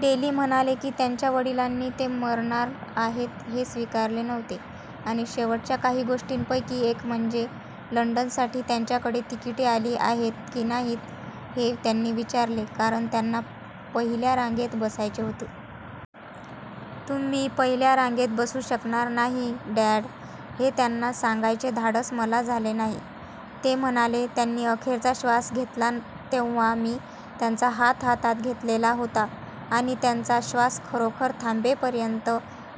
Daily म्हणाले की त्यांच्या वडिलांनी ते मरणार आहेत हे स्वीकारले नव्हते आणि शेवटच्या काही गोष्टींपैकी एक म्हणजे लंडन साठी त्यांच्याकडे तिकिटे आली आहेत की नाहीत हे त्यांनी विचारले कारण त्यांना पहिल्या रांगेत बसायचे होते. "'तुम्ही पहिल्या रांगेत बसू शकणार नाही, डॅड' हे त्यांना सांगायचे धाडस मला झाले नाही," ते म्हणाले. "त्यांनी अखेरचा श्वास घेतला तेव्हा मी त्यांचा हात हातात घेतलेला होता आणि त्यांचा श्वास खरोखर थांबेपर्यंत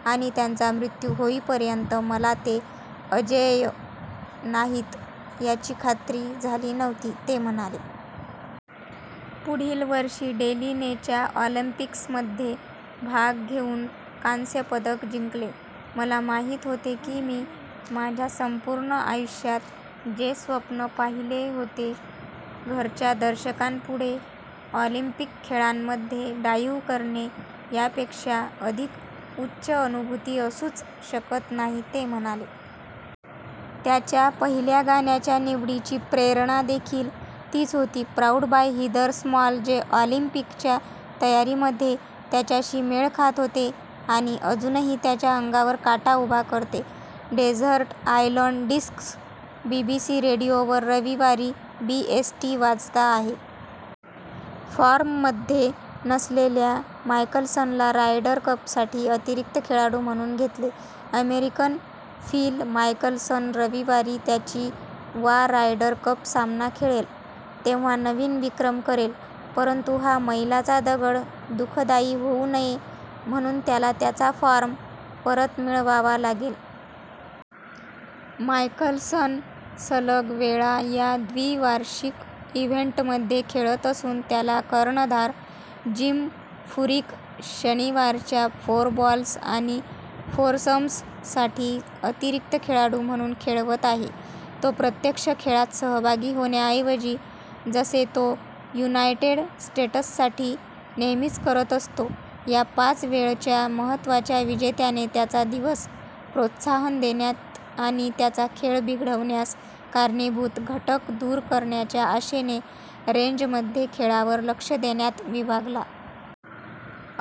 आणि त्यांचा मृत्यू होईपर्यंत मला ते अजेय नाहीत याची खात्री झाली नव्हती," ते म्हणाले. पुढील वर्षी डेलीने च्या ऑलिंपिक्समध्ये भाग घेऊन कांस्यपदक जिंकले. "मला माहीत होते की मी माझ्या संपूर्ण आयुष्यात जे स्वप्न पाहिले होते घरच्या दर्शकांपुढे ऑलिंपिक खेळांमध्ये डाइव्ह करणे, यापेक्षा अधिक उच्च अनुभूती असूच शकत नाही," ते म्हणाले. त्याच्या पहिल्या गाण्याच्या निवडीची प्रेरणादेखील तिच होती प्राउड बाय हिदर स्मॉल- जे ऑलिंपिकच्या तयारीमध्ये त्याच्याशी मेळ खात होेते आणि अजूनही त्याच्या अंगावर काटा उभा करते. Desert Island Discs BBC Radio वर रविवारी बीएसटी वाजता आहे. फॉर्ममध्ये नसलेल्या मायकल्सनला रायडर कपसाठी अतिरिक्त खेळाडू म्हणून घेतले अमेरिकन फिल मायकल्सन रविवारी त्याची वा रायडर कप सामना खेळेल, तेव्हा नवीन विक्रम करेल, परंतु हा मैलाचा दगड दुखदायी होऊ नये म्हणून त्याला त्याचा फॉर्म परत मिळवावा लागेल. मायकल्सन, सलग वेळा या द्विवार्षिक इव्हेंटमध्ये खेळत असून त्याला कर्णधार जिम फुरिक शनिवारच्या फोरबॉल्स आणि फोरसम्ससाठी अतिरिक्त खेळाडू म्हणून खेळवत आहे. तो प्रत्यक्ष खेळात सहभागी होण्याऐवजी, जसे तो युनायटेड स्टेट्ससाठी नेहमीच करत असतो, या पाच वेळच्या महत्त्वाच्या विजेत्याने त्याचा दिवस प्रोत्साहन देण्यात आणि त्याचा खेळ बिघडवण्यास कारणीभूत घटक दूर करण्याच्या आशेने रेंजमध्ये खेळावर लक्ष देण्यात विभागला.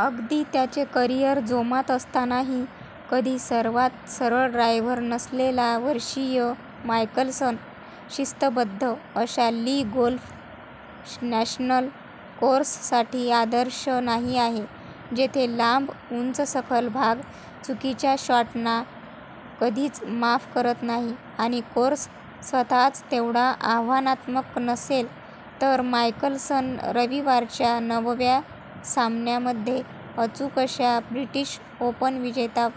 अगदी त्याचे करियर जोमात असतानाही कधी सर्वात सरळ ड्रायव्हर नसलेला, वर्षीय मायकल्सन शिस्तबद्ध अशा ली गोल्फ नॅशनल कोर्ससाठी आदर्श नाही आहे, जेथे लांब उंचसखल भाग चुकीच्या शॉटना कधीच माफ करत नाही. आणि कोर्स स्वतःच तेवढा आव्हानात्मक नसेल तर, मायकल्सन रविवारच्या नवव्या सामन्यामध्ये अचूक अशा ब्रिटिश ओपन विजेता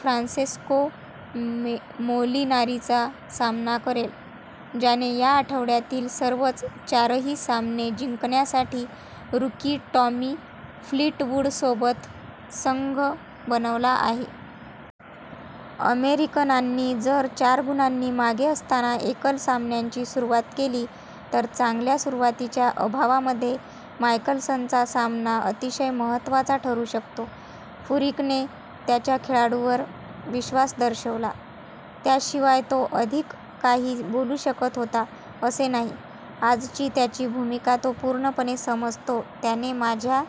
फ्रांसेस्को मोलिनारीचा सामना करेल, ज्याने या आठवड्यातील सर्वच चारही सामने जिंकण्यासाठी रूकी टॉमी फ्लीटवूडसोबत संघ बनवला आहे. अमेरिकनांनी जर चार गुणांनी मागे असताना एकल सामन्यांची सुरुवात केली तर, चांगल्या सुरुवातीच्या अभावामध्ये, मायकल्सनचा सामना अतिशय महत्त्वाचा ठरू शकतो. फुरीकने त्याच्या खेळाडूवर विश्वास दर्शवला, त्याशिवाय तो अधिक काही बोलू शकत होता असे नाही. "आजची त्याची भूमिका तो पूर्णपणे समजतो, त्याने माझ्या